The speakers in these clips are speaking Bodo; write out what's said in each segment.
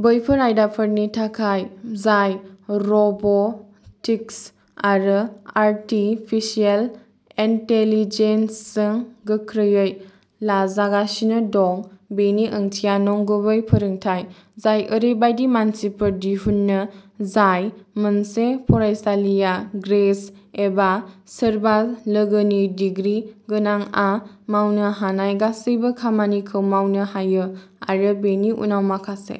बैफोर आयदाफोरनि थाखोफोर जाय रब'टिक्स आरो आर्टिफिसियेल इन्टेलिजेन्सजों गोख्रैयै लाजागासिनो दं। बेनि ओंथिया नंगुबै फोरोंथाय जाय ओरैबायदि मानसिफोर दिहुनो जाय मोनसे फरायसालिमा ग्रेज एबा सोरबा लोगोनि दिग्रि गोनांआ मावनो हानाय गासैबो खामानिखौ मावनो हायो, आरो बेनि उनाव माखासे।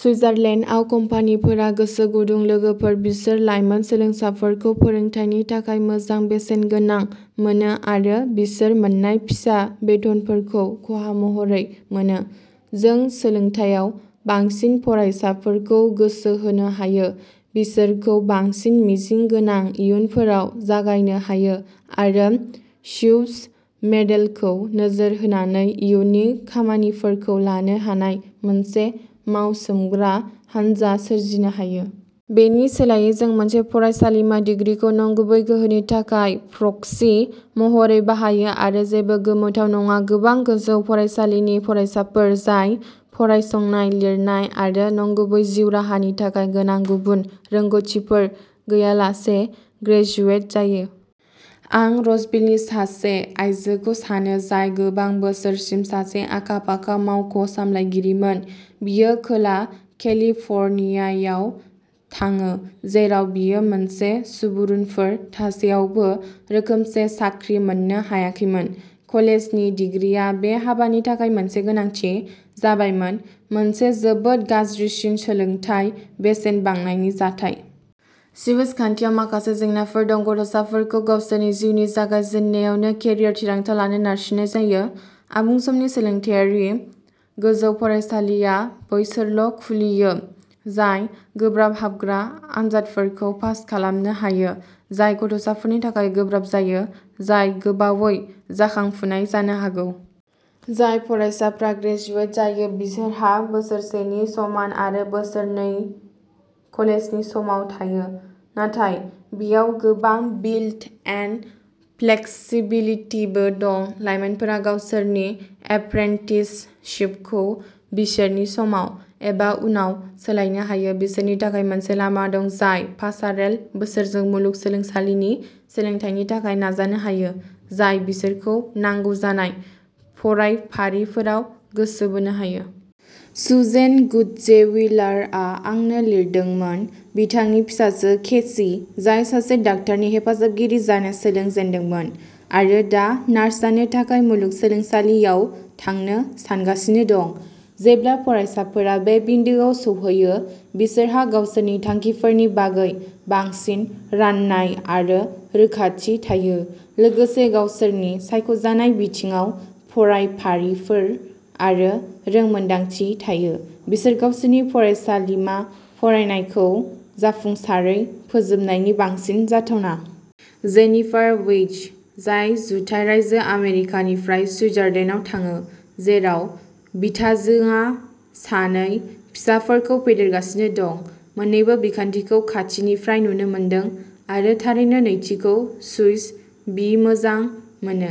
सुइजारलेन्डआव, कम्पानिफोरा गोसो गुदुं लोगोफोर बिसोर लाइमोन सोलोंसाफोरखौ फोरोंथायनि थाखाय मोजां बेसेनगोनां मोनो आरो बिसोर मोन्नाय फिसा बेथनफोरखौ खहा महरै मोनो। जों सोलोंथायाव बांसिन फरायसाफोरखौ गोसो होनो हायो, बिसोरखौ बांसिन मिजिं गोनां इयुनफोराव जागायनो हायो आरो स्विस मडेलखौ नोजोर होनानै इयुननि खामानिफोरखौ लानो हानाय मोनसे मावसोमग्रा हानजा सोरजिनो हायो। बेनि सोलायै, जों मोनसे फरायसालिमा दिग्रिखौ नंगुबै गोहोनि थाखाय प्रक्सि महरै बाहायो आरो जेबो गोमोथाव नङा, गोबां गोजौ फरायसालिनि फरायसाफोर जाय फरायसंनाय, लिरनाय आरो नंगुबै जिउ राहानि थाखाय गोनां गुबुन रोंग'थिफोर गैयालासे ग्रेजुवेट जायो। आं रजभिलनि सासे आयजोखौ सानो, जाय गोबां बोसोरसिम सासे आखा-फाखा मावख' सामलायगिरिमोन। बियो खोला केलिफर्नियायाव थाङो, जेराव बियो मोजां सुबुरुनफोर थासेयावबो रोखोमसे साख्रि मोननो हायाखैमोन। कलेजनि डिग्रीआ बे हाबानि थाखाय मोनसे गोनांथि जाबायमोन, मोनसे जोबोद गाज्रिसिन सोलोंथाय बेसेन बांनायनि जाथाय। स्विस खान्थियाव माखासे जेंनाफोर दं। गथ'साफोरखौ गावसोरनि जिउनि जागायजेन्नायावनो केरियार थिरांथा लानो नारसिननाय जायो। आबुं समनि सोलोंथायारि गोजौ फरायसालिआ बैसोरल' खुलियो, जाय गोब्राब हाबग्रा आनजादफोरखौ पास खालामनो हायो, जाय गथ'साफोरनि थाखाय गोब्राब जायो, जाय गोबावै जाखांफुनाय जानो हागौ। जाय फरायसाफ्रा ग्रेजुवेट जायो बिसोरहा बोसोरसेनि समान आरो बोसोरनै कलेजनि समान थायो। नाथाय बेयाव गोबां बिल्ट इन फ्लेक्सिबिलिटिबो दं। लाइमोनफोरा गावसोरनि एप्रेन्टिसशिपखौ बिसोरनि समाव एबा उनाव सोलायनो हायो। बिसोरनि थाखाय मोनसे लामा दं जाय पासारेल बोसोरजों मुलुग सोलोंसालिनि सोलोंथायनि थाखाय नाजानो हायो, जाय बिसोरखौ नांगौ जानाय फरायफारिफोराव गोसो बोनो हायो। सुजेन गुट्जविलारआ आंनो लिरदोंमोन। बिथांनि फिसाजो केसि, जाय सासे डाक्टारनि हेफाजाबगिरि जानो सोलोंजेनदोंमोन, आरो दा नार्स जानो थाखाय मुलुगसोलोंसालियाव थांनो सानगासिनो दं। जेब्ला फरायसाफोरा बे बिन्दोआव सौहैयो, बिसोरहा गावसोरनि थांखिफोरनि बागै बांसिन रानाय आरो रोखाथि थायो, लोगोसे गावसोरनि सायख'जानाय बिथिङाव फरायफारिफोर आरो रोंमोनदांथि थायो बिसोर गावसोरनि फरायसालिमा फरायनायखौ जाफुंसारै फोजोबनायनि बांसिन जाथावना। जेनिफार वेइस, जाय जुथाइ रायजो आमेरिकानिफ्राय सुइजारलेन्डआव थाङो, जेराव बिथाजोङा सानै फिसाफोरखौ फेदेरगासिनो दं, मोन्नैबो बिखान्थिखौ खाथिनिफ्राय नुनो मोनदों आरो थारैनो नैथिखौ सुइस बिमोजां मोनो।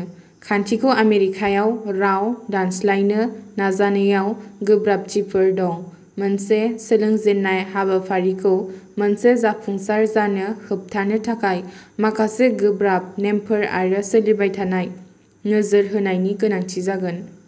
खान्थिखौ आमेरिकायाव राव दानस्लायनो नाजानायाव गोब्राबथिफोर दं। मोनसे सोलोंजेननाय हाबाफारिखौ मोनसे जाफुंसार जानो होबथानो थाखाय माखासे गोब्राब नेमफोर आरो सोलिबाय थानाय नोजोर होनायनि गोनांथि जागोन।